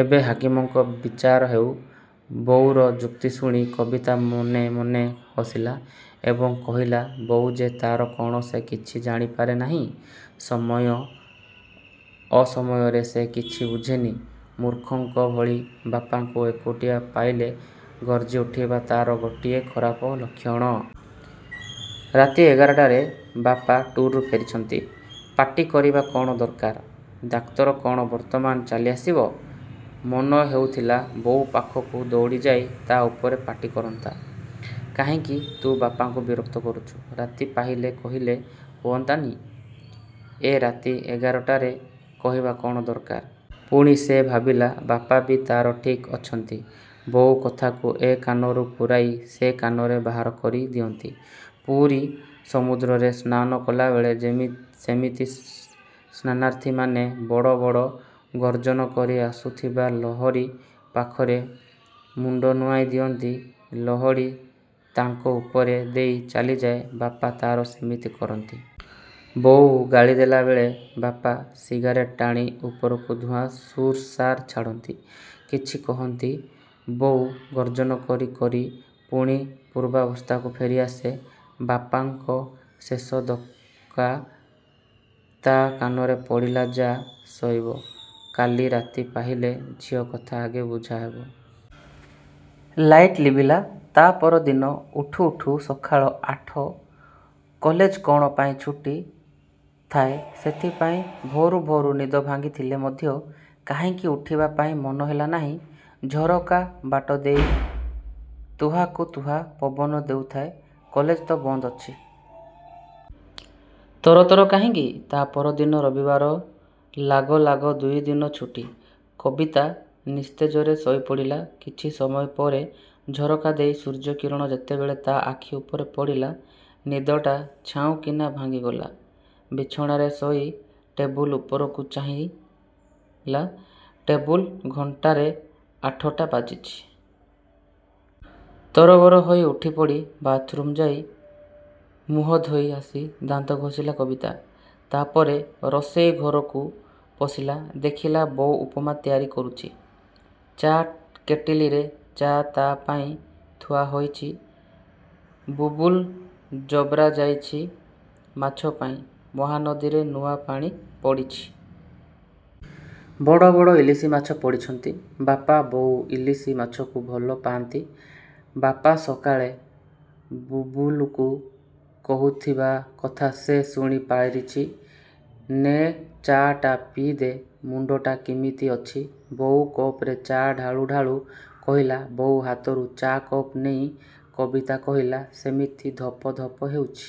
ଏବେ ହାକିମଙ୍କ ବିଚାର ହେଉ। ବୋଉର ଯୁକ୍ତିଶୁଣି କବିତା ମନେ ମନେ ହସିଲା, ଏବଂ କହିଲା ବୋଉ ଯେ ତା'ର କ'ଣ ସେ କିଛି ଜାଣିପାରେ ନାହିଁ। ସମୟ ଅସମୟରେ ସେ କିଛି ବୁଝେନି। ମୂର୍ଖଙ୍କ ଭଳି ବାପାଙ୍କୁ ଏକୁଟିଆ ପାଇଲେ ଗର୍ଜ୍ଜିଉଠିବା ତା'ର ଗୋଟିଏ ଖରାପ ଲକ୍ଷଣ। ରାତି ଏଗାରଟାରେ ବାପା ଟୁର୍ରୁ ଫେରିଛନ୍ତି। ପାଟି କରିବା କ'ଣ ଦରକାର? ଡାକ୍ତର କ'ଣ ବର୍ତ୍ତମାନ ଚାଲିଆସିବ। ମନ ହେଉଥିଲା ବୋଉ ପାଖକୁ ଦୌଡ଼ିଯାଇ ତା' ଉପରେ ପାଟିକରନ୍ତା, କାହିଁକି ତୁ ବାପାଙ୍କୁ ବିରକ୍ତ କରୁଛୁ? ରାତି ପାହିଲେ କହିଲେ ହୁଅନ୍ତା ନି? ଏ ରାତି ଏଗାରଟାରେ କହିବା କ'ଣ ଦରକାର। ପୁଣି ସେ ଭାବିଲା, ବାପା ବି ତା'ର ଠିକ୍ ଅଛନ୍ତି। ବୋଉ କଥାକୁ ଏ କାନରେ ପୂରାଇ ସେ କାନରେ ବାହାର କରି ଦିଅନ୍ତି। ପୁରୀ ସମୁଦ୍ରରେ ସ୍ନାନ କଲାବେଳେ ସେମିତି ସ୍ନାନାର୍ଥୀମାନେ ବଡ଼ ବଡ଼ ଗର୍ଜ୍ଜନ କରି ଆସୁଥିବା ଲହଡ଼ି ପାଖରେ ମୁଣ୍ଡ ନୁଆଁଇ ଦିଅନ୍ତି, ଲହଡ଼ି ତାଙ୍କ ଉପରେ ଦେଇ ଚାଲିଯାଏ ବାପା ତା'ର ସେମିତି କରନ୍ତି। ବୋଉ ଗାଳିଦେଲା ବେଳେ ବାପା ସିଗାରେଟ୍ ଟାଣି ଉପରକୁ ଧୂଆଁ ସୁର୍ ସାର୍ ଛାଡ଼ନ୍ତି। କିଛି କହନ୍ତି। ବୋଉ ଗର୍ଜ୍ଜନ କରି କରି ପୁଣି ପୂର୍ବାବସ୍ଥାକୁ ଫେରି ଆସେ। ବାପାଙ୍କ ଶେଷପଦକ ତା' କାନରେ ପଡ଼ିଲା, ଯାଅ ଶୋଇବ। କାଲି ରାତି ପାହିଲେ ଝିଅକଥା ଆଗ ବୁଝାହେବ। ଲାଇଟି ଲିଭିଲା। ତା' ପରଦିନ ଉଠୁ ଉଠୁ ସକାଳ ଆଠ। କଲେଜ କ'ଣ ପାଇଁ ଛୁଟି ଥାଏ। ସେଥିପାଇଁ ଭୋରୁ ଭୋରୁ ନିଦ ଭାଙ୍ଗିଥିଲେ ମଧ୍ୟ କାହିଁକି ଉଠିବା ପାଇଁ ମନ ହେଲା ନାହିଁ। ଝରକା ବାଟଦେଇ ତୁହାକୁ ତୁହା ପବନ ଦେଉଥାଏ। କଲେଜ ତ ବନ୍ଦ ଅଛି। ତର ତର କାହିଁକି? ତା' ପରଦିନ ରବିବାର ଲାଗ ଲାଗ ଦୁଇଦିନ ଛୁଟି। କବିତା ନିସ୍ତେଜରେ ଶୋଇପଡ଼ିଲା। କିଛି ସମୟ ପରେ ଝରକା ଦେଇ ସୂର୍ଯ୍ୟକିରଣ ଯେତେବେଳେ ତା' ଆଖି ଉପରେ ପଡ଼ିଲା। ନିଦଟା ଚାଉଁକିନା ଭାଙ୍ଗିଗଲା। ବିଛଣାରେ ଶୋଇ ଟେବୁଲ୍ ଉପରକୁ ଚାହିଁଲା ଟେବୁଲ୍ ଘଣ୍ଟାରେ ଆଠଟା ବାଜିଛି। ତରବର ହୋଇ ଉଠିପଡ଼ି ବାଥ୍ରୁମ୍କୁ ଯାଇଁ ମୁହଁ ଧୋଇ ଆସି ଦାନ୍ତ ଘଷିଲା କବିତା। ତା' ପରେ ରୋଷେଇ ଘରକୁ ପଶିଲା। ଦେଖିଲା ବୋଉ ଉପମା ତିଆରି କରୁଛି। ଚା'କେଟିଲରେ ଚା' ତା' ପାଇଁ ଥୁଆ ହୋଇଛି। ବୁବୁଲୁ ଯୋବ୍ରା ଯାଇଛି ମାଛ ପାଇଁ, ମହାନଦୀରେ ନୂଆ ପାଣି ପଡ଼ିଛି। ବଡ଼ ବଡ଼ ଇଲିଶି ମାଛ ପଡ଼ିଛନ୍ତି। ବାପା, ବୋଉ ଇଲିଶି ମାଛକୁ ଭଲ ପାଆନ୍ତି। ବାପା ସକାଳେ ବୁବୁଲୁକୁ କହୁଥିବା କଥା ସେ ଶୁଣି ପାରିଛି। ନେ ଚା'ଟା ପିଇଦେ। ମୁଣ୍ଡଟା କିମିତି ଅଛି? ବୋଉ କପରେ ଚା' ଢାଳୁ ଢାଳୁ କହିଲା। ବୋଉ ହାତରୁ ଚା' କପ୍ ନେଇ କବିତା କହିଲା ସେମିତି ଧପ ଧପ ହେଉଛି।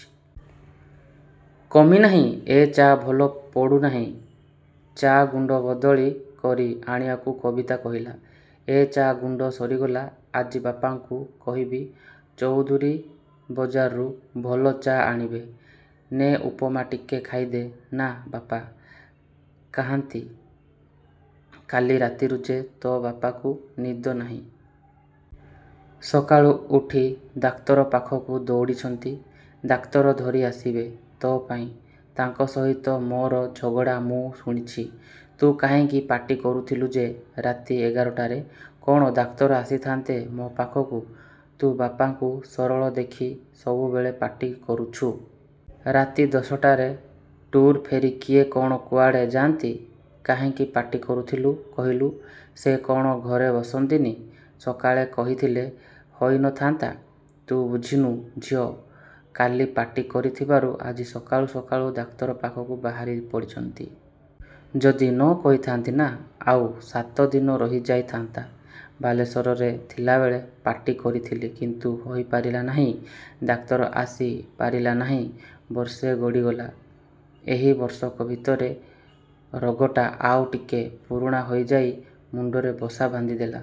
କମିନାହିଁ। ଏ ଚା' ଭଲ ପଡ଼ୁନାହିଁ, ଚା' ଗୁଣ୍ଡ ବଦଳି କରି ଆଣିବାକୁ କବିତା କହିଲା। ଏ ଚା' ଗୁଣ୍ଡ ସରିଗଲା। ଆଜି ବାପାଙ୍କୁ କହିବି ଚୌଧୁରୀବଜାରରୁ ଭଲ ଚା' ଆଣିବେ। ନେ ଉପମା ଟିକେ ଖାଇଦେ। ନାଁ, ବାପା କାହାନ୍ତି? କାଲି ରାତିରୁ ଯେ ତୋ' ବାପାକୁ ନିଦ ନାହିଁ। ସକାଳୁ ଉଠି ଡାକ୍ତର ପାଖକୁ ଦୌଡ଼ିଛନ୍ତି। ଡାକ୍ତର ଧରି ଆସିବେ। ତୋ' ପାଇଁ ତାଙ୍କ ସହିତ ମୋର ଝଗଡ଼ା। ମୁଁ ଶୁଣିଛି। ତୁ କାହିଁକି ପାଟି କରୁଥିଲୁ ଯେ। ରାତି ଏଗାରଟାରେ କ'ଣ ଡାକ୍ତର ଆସିଥାନ୍ତେ ମୋ ପାଖକୁ। ତୁ ବାପାଙ୍କୁ ସରଳ ଦେଖି ସବୁବେଳେ ପାଟି କରୁଛୁ। ରାତି ଦଶଟାରେ ଟୁର୍ରୁ ଫେରି କିଏ କ'ଣ କୁଆଡ଼େ ଯାଆନ୍ତି। କାହିଁକି ପାଟି କରୁଥିଲୁ କହିଲୁ। ସେ କ'ଣ ଘରେ ବସିଛନ୍ତି। ସକାଳେ କହିଥିଲେ ହୋଇ ନ ଥା'ନ୍ତା? ତୁ ବୁଝିନୁ ଝିଅ। କାଲି ପାଟି କରିଥିବାରୁ ଆଜି ସକାଳୁ ସକାଳୁ ଡାକ୍ତର ପାଖକୁ ବାହାରି ପଡ଼ିଛନ୍ତି। ଯଦି ନ କହିଥା'ନ୍ତି ନା; ଆଉ ସାତ ଦିନ ରହିଯାଇ ଥା'ନ୍ତା। ବାଲେଶ୍ୱରରେ ଥିଲାବେଳେ ପାଟି କରିଥିଲି। କିନ୍ତୁ ହୋଇପାରିଲା ନାହିଁ। ଡାକ୍ତର ଆସି ପାରିଲା ନାହିଁ ବର୍ଷେ ଗଡ଼ିଗଲା। ଏହି ବର୍ଷକ ଭିତରେ ରୋଗଟା ଆଉ ଟିକେ ପୁରୁଣା ହୋଇଯାଇ ମୁଣ୍ଡରେ ବସା ବାନ୍ଧିଦେଲା।